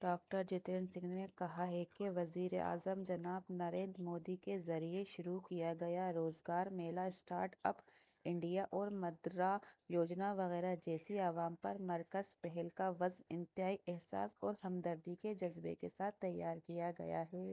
Doctor Jitendra Singh نے کہا کہ وزیراعظم جناب نریندر مودی کے ذریعے شروع کیا گیا روزگار میلہ اسٹارٹ اپ انڈیا اور مدرا یوجنا وغیرہ جیسی عوام پر مرکوز پہل کا وژن انتہائی حساس اور ہمدردی کے جذبہ کے ساتھ تیار کیا گیا ہے۔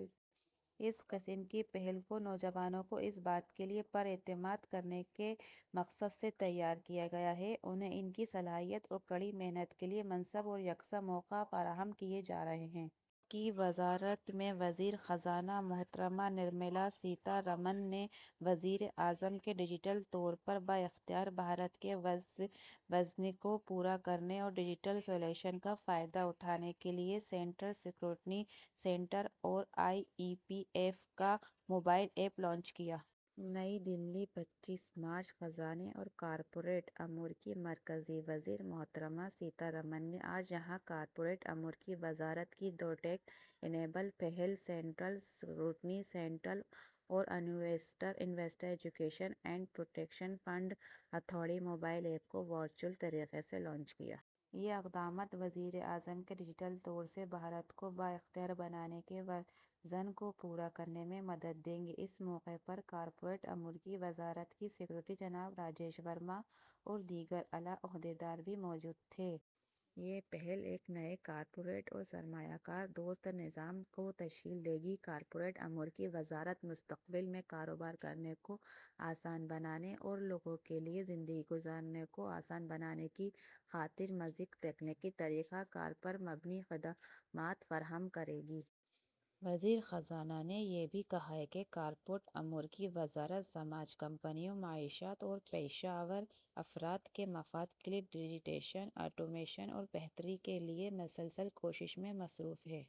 اس قسم کی پہل کو نوجوانوں کو اس بات کے لیے پر اعتماد کرنے کے مقصد سے تیار کیا گیا ہے کہ انہیں ان کی صلاحیت اور کڑی محنت کے لیے مناسب اور یکساں مواقع فراہم کیے جا رہے ہیں۔ کی وزارت میں وزیر خزانہ محترمہ نرملا سیتا رمن نے وزیر اعظم کے ڈجیٹل طور پر با اختیار بھارت کے ویژن کو پورا کرنے اور ڈجیٹل سولوشن کا فائدہ اٹھانے کے لیے سینٹرل اسکروٹنی سینٹر اور I E P F A کا موبائل ایپ لانچ کیا۔ نئی دہلی پچیس مارچ خزانے اور کارپوریٹ امور کی مرکزی وزیر محترمہ سیتا رمن نے آج یہاں کارپوریٹ امور کی وزارت کی دو ٹیک انیبل پہل سینٹرل اسکروٹنی سینٹر اور investor education and protection fund authority mobile app کو ورچوئل طریقے سے لانچ کیا۔ یہ اقدامات وزیر اعظم کے ڈجیٹل طور سے بھارت کو با اختیار بنانے کے ویژن کو پورا کرنے میں مدد دیں گے۔ اس موقع پر کارپوریٹ امور کی وزارت کے سکریٹری جناب راجیش ورما اور دیگر اعلیٰ عہدیدار بھی موجود تھے۔ یہ پہل ایک نئے کارپوریٹ اور سرمایہ کار دوست نظام کو تشکیل دے گی۔ کارپوریٹ امور کی وزارت مستقبل میں کاروبار کرنے کو آسان بنانے اور لوگوں کے لیے زندگی گزارنے کو آسان بنانے کی خاطر مزید تکنیکی طریقہ کار پر مبنی خدمات فراہم کرے گی۔ وزیر خزانہ نے یہ بھی کہا کہ کارپوریٹ امور کی وزارت سماج کمپنیوں معیشت اور پیشہ ور افراد کے مفاد کے لیے ڈجیٹائزیشن آٹومیشن اور بہتری کے لیے مسلسل کوششوں میں مصروف ہے۔